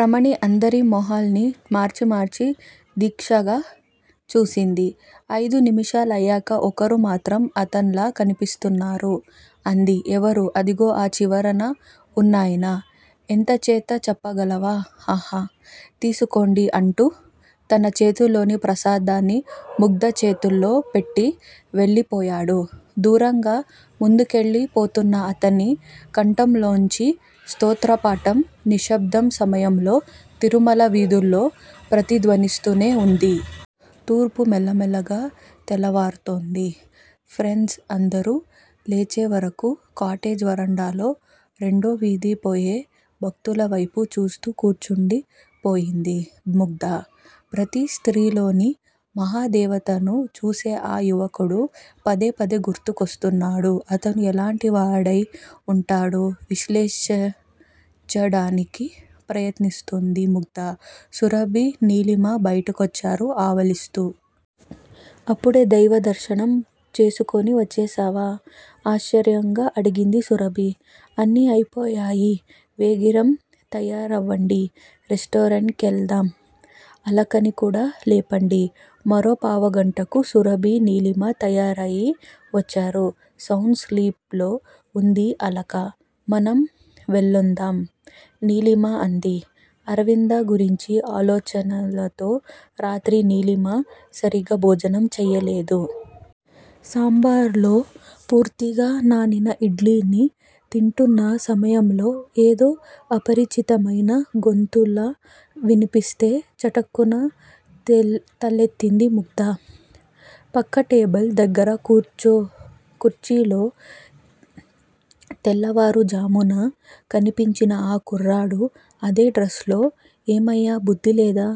రమణి అందరి మొహాల్ని మార్చి మార్చి దీక్షగా చూసింది. అయిదు నిమిషాలయ్యాక ఒక్కరు మాత్రం అతన్లా కన్పిస్తున్నారు! అంది. ఎవరు? అదిగో ఆ చివరన ఉన్నాయన! ఎంత చేత చెప్పగలవా హాహా? తీసుకోండి అంటూ తన చేతిలోని ప్రసాదాన్ని ముగ్ధ చేతిలో పెట్టి వెళ్లిపోయాడు. దూరంగా, ముందుకెళ్ళి పోతున్నా అతని కంఠంలోంచి స్తోత్రపాఠం నిశ్శబ్దం సమయంలో తిరుమల వీధుల్లో ప్రతిధ్వనిస్తూనే వుంది. తూర్పు మెల్లమెల్లగా తెల్లవారుతోంది. ఫ్రెండ్స్ అందరూ లేచేవరకూ కాటేజ్ వరండాలో రెండో వీధి పోయే భక్తులవేపు చూస్తూ కూర్చుండి పోయింది ముగ్ధ. ప్రతి స్త్రీలోని మహాదేవతను చూసే ఆ యువకుడు' పదే పదే గుర్తు కొస్తున్నాడు. అతను ఎలాంటివాడై వుంటాడు? విశ్లేషించడానికి ప్రయత్నిస్తోంది ముగ్ధ. సురభి, నీలిమ బయటకొచ్చారు ఆవలిస్తూ. అప్పుడే దైవదర్శనం చేసుకుని వచ్చేశావా! ఆశ్చర్యంగా అడిగింది సురభి. అన్నీ అయిపోయాయి వేగిరం తయారవండి. రెస్టారెంటు కెళ్దాం. అలకని కూడా లేపండి. మరో పావగంటకు సురభి, నీలిమ తయారయి వచ్చారు. సౌండ్ స్లీప్ లో వుంది అలక. మనం వెళ్ళొద్దాం నీలిమ అంది. అరవింద్ గురించి ఆలోచనల్తో రాత్రి నీలిమ సరిగ్గా భోజనం చెయ్యలేదు. సాంబారులో పూర్తిగా నానిన ఇడ్లీలని తింటున్న సమయంలో- ఏదో అపరిచితమైన గొంతులా విన్పిస్తే చటుక్కున తలెత్తింది ముగ్ధ. పక్కటేబిల్ దగ్గర కుర్చీలో- తెల్లవారు జామున కన్పించిన ఆ కుర్రాడు! అదే డ్రెస్ లో- ఏమయ్యా బుద్దిలేదా,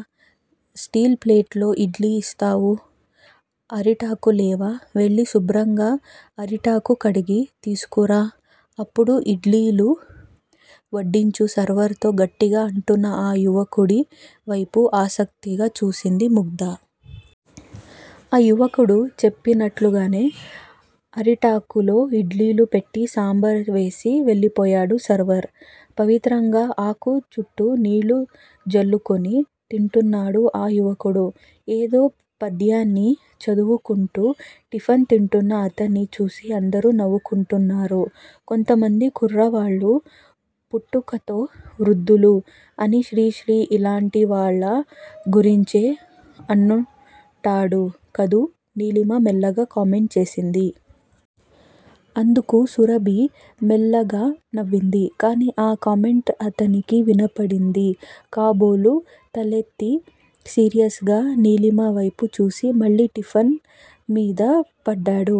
స్టీలుప్లేట్ లో ఇడ్లీ ఇస్తావా అరిటాకుల్లేవా వెళ్లి శుభ్రంగా అరిటాకు కడిగి తీసుకురా అప్పుడు ఇడ్లీలు వడ్డించు సర్వర్ తో గట్టిగా అంటున్న ఆ యువకుడి వైపు ఆసక్తిగా చూసింది ముగ్ధ. ఆ యువకుడు చెప్పినట్లుగానే అరిటాకులో ఇడ్లీలు పెట్టి సాంబారు వేసి వెళ్లిపోయాడు సర్వర్. పవిత్రంగా ఆకు చుట్టూ నీళ్ళు జల్లుకుని తింటున్నాడు ఆ యువకుడు. ఏదో పద్యాన్ని చదువుకుంటూ టిఫన్ తింటున్న అతన్ని చూసి అందరూ నవ్వుకుంటున్నారు. కొంతమంది కుర్రవాళ్ళు పుట్టుకతో వృద్దులు అని శ్రీ శ్రీ ఇలాంటివాళ్ళ గురించే అనుంటాడు కదూ నీలిమ మెల్లగా కామెంట్ చేసింది. అందుకు సురభి మెల్లగా నవ్వింది. కానీ ఆ కామెంట్ అతనికి వినబడింది కాబోలు తలెత్తి సీరియస్ గా నీలిమవేపుచూసి మళ్ళీ టిఫిన్ మీద పడ్డాడు.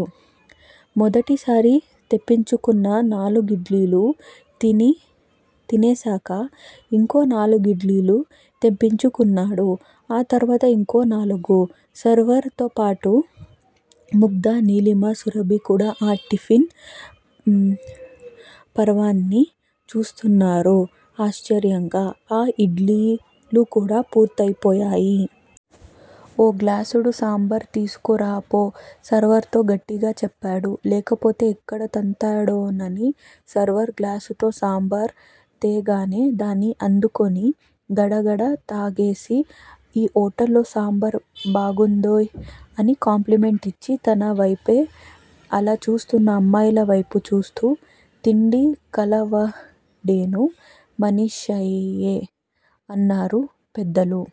మొదటిసారి తెప్పించుకున్న నాలుగిడ్లీలూ తినేసాక ఇంకో నాలుగు ఇడ్లీలు తెప్పించుకున్నాడు. ఆ తర్వాత ఇంకో నాలుగు. సర్వర్ తోపాటు ముగ్ధ, నీలిమ, సురభి, కూడా ఆ టిఫిన్ పర్వాన్ని చూస్తున్నారు ఆశ్చర్యంగా, ఆ ఇడ్లీలుకూడా పూర్తయిపోయాయి. ఓ గ్లాసుడు సాంబారు తీసుకురా పో సర్వర్ తో గట్టిగా చెప్పాడు లేకపోతే ఎక్కడ తంతాడోనని, సర్వర్ గ్లాసుతో సాంబారు తేగానే దాన్ని అందుకుని గడగడా త్రాగేసి, ఈ హోటల్లో సాంబారు బాగుందోయ్ అని కాంప్లిమెంట్ ఇచ్చి తన వైపే అలా చూస్తున్న అమ్మాయిల వైపు చూస్తూ, తిండి కలవాడేను మనిషయ్యే అన్నారు పెద్దలు.